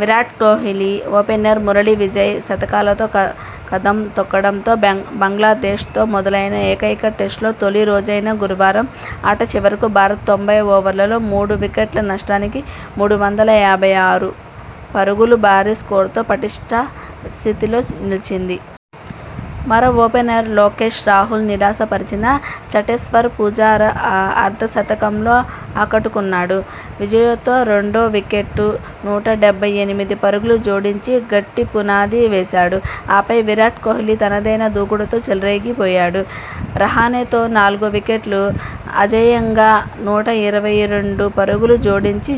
Virat Kohli, opener Murali Vijay శతకాలతో కదం తొక్కడంతో బంగ్లాదేశ్తో మొదలైన ఏకైక టెస్టులో తొలి రోజైన గురువారం ఆట చివరకు భారత్ తొంభై ఓవర్లలో మూడు వికెట్ల నష్టానికి మూడు వందల యాభై ఆరు పరుగుల భారీ స్కోరుతో పటిష్ట స్థితిలో నిలిచింది. మరో ఓపెనర్ లోకేశ్ రాహుల్ నిరాశ పరిచినా, చటేశ్వర్ పుజారా అర్ధ శతకంతో ఆకట్టుకున్నాడు. విజయ్తో రెండో వికెట్కు నూట డెబ్బై ఎనిమిది పరుగులు జోడించి గట్టి పునాది వేశాడు. ఆపై, విరాట్ కోహ్లీ తనదైన దూకుడుతో చెలరేగి పోయాడు. రహానె తో నాలుగో వికెట్కు అ జేయంగా నూట ఇరవై రెండు పరుగులు జోడించి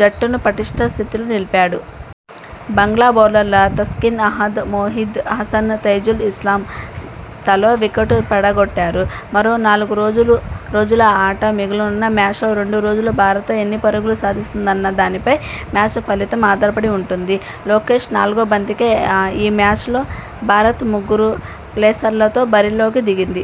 జట్టును పటిష్ట స్థితిలో నిలిపాడు. బంగ్లా బౌలర్లలో తస్కిన్ అహ్మద్, మెహ్దీ హసన్, తైజుల్ ఇస్లాం తలో వికెట్ పడ గొట్టారు. మరో నాలుగు రోజుల ఆట మిగిలున్న మ్యాచ్లో రెండో రోజు భారత ఎన్ని పరుగులు సాధిస్తుందన్న దానిపై మ్యాచ్ ఫలితం ఆధారపడి ఉంటుంది! లోకేశ్ నాలుగో బంతికే.. ఈ మ్యాచ్లో భారత్ ముగ్గురు పేసర్లతో బరిలోకి దిగింది.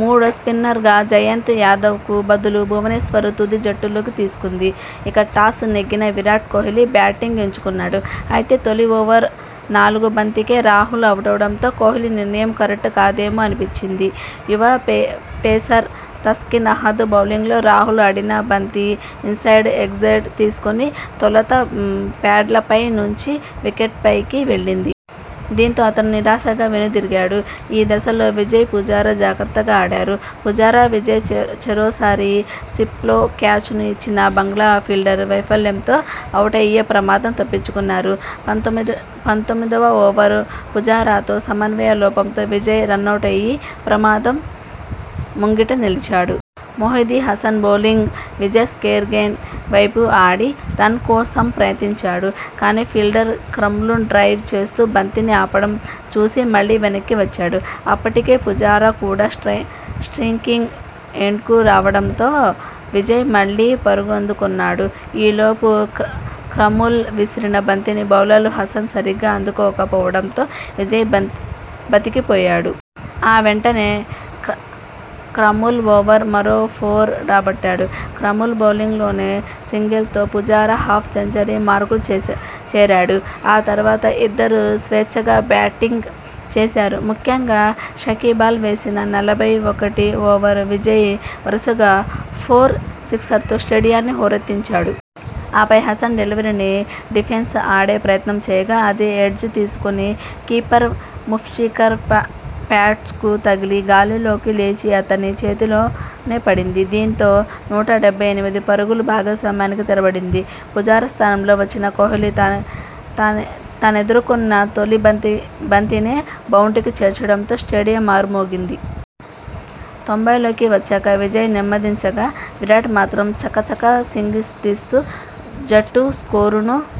మూడో స్పిన్నర్గా జయంత్ యాదవ్కు బదులు భువనేశ్వర్ను తుది జట్టులోకి తీసుకుంది. ఇక, టాస్ నెగ్గిన విరాట్ కోహ్లీ బ్యాటింగ్ ఎంచుకున్నాడు. అయితే తొలి ఓవర్ నాలుగో బంతికే రాహుల్ అవుటవడంతో కోహ్లీ నిర్ణయం కరెక్ట్ కాదేమో అనిపించింది! యువ పేసర్ తస్కిన్ అహ్మద్ బౌలింగ్లో రాహుల్ ఆడిన బంతి ఇన్సైడ్ ఎడ్జ్ తీసుకుని తొలుత ప్యాడ్లపై నుంచి వికెట్లపైకి వెళ్లింది. దీంతో, అతను నిరాశగా వెను దిరిగాడు. ఈ దశలో విజయ్, పుజారా జాగ్రత్తగా ఆడారు. పుజారా, విజయ్ చెరోసారి స్లిప్లో క్యాచ్లు ఇచ్చినా బంగ్లా ఫీల్డర్ల వైఫల్యంతో అవుటయ్యే ప్రమాదం తప్పించుకున్నారు. పంతొమ్మిదివ ఓవర్లో పుజారాతో సమన్వయ లోపంతో విజయ్ రనౌటయ్యే ప్రమాదం ముంగిట నిలిచాడు. మెహ్దీ హసన్ బౌలింగ్లో విజయ్ స్క్వేర్లెగ్ వైపు ఆడి రన్ కోసం ప్రయత్నించాడు. కానీ, ఫీల్డర్ కమ్రుల్ డైవ్ చేస్తూ బంతిని ఆపడం చూసి మళ్లీ వెనక్కి వచ్చాడు. అప్పటికే పుజారా కూడా స్ట్రయికింగ్ ఎండ్కు రావడంతో విజయ్ మళ్లీ పరుగందుకున్నాడు. ఈ లోపు కమ్రుల్ విసిరిన బంతిని బౌలర్ హసన్ సరిగ్గా అందుకోక పోవడంతో విజయ్ బతికి పోయాడు. ఆ వెంటనే కమ్రుల్ ఓవర్లో మరో ఫోర్ రాబట్టాడు. కమ్రుల్ బౌలింగ్లోనే సింగిల్తో పుజారా హాఫ్ సెంచరీ మార్కు చేరాడు. ఆ తర్వాత ఇద్దరూ స్వేచ్ఛగా బ్యాటింగ్ చేశారు. ముఖ్యంగా షకీబల్ వేసిన నలభై ఒకటి ఓవర్లో విజయ్ వరుసగా ఫోర్, సిక్సర్తో స్టేడియాన్ని హోరెత్తించాడు. ఆపై, హసన్ డెలివరీని డిఫెన్స్ ఆడే ప్రయత్నం చేయగా అది ఎడ్జ్ తీసుకొని కీపర్ ముష్ఫికర్ ప్యాడ్స్కు తగిలి గాల్లోకి లేచి అతని చేతిలోనే పడింది. దీంతో నూట డెబ్బై ఎనిమిది పరుగుల భాగస్వామ్యానికి తెర పడింది. పుజారా స్థానంలో వచ్చిన కోహ్లీ తానెదుర్కొన్న తొలి బంతినే బౌండ్రీకి చేర్చడంతో స్టేడియం మార్మోగిపోయింది. తొంభైల్లోకి వచ్చాక విజయ్ నెమ్మదించగా, విరాట్ మాత్రం చకచకా సింగిల్స్ తీస్తూ జట్టు స్కోరును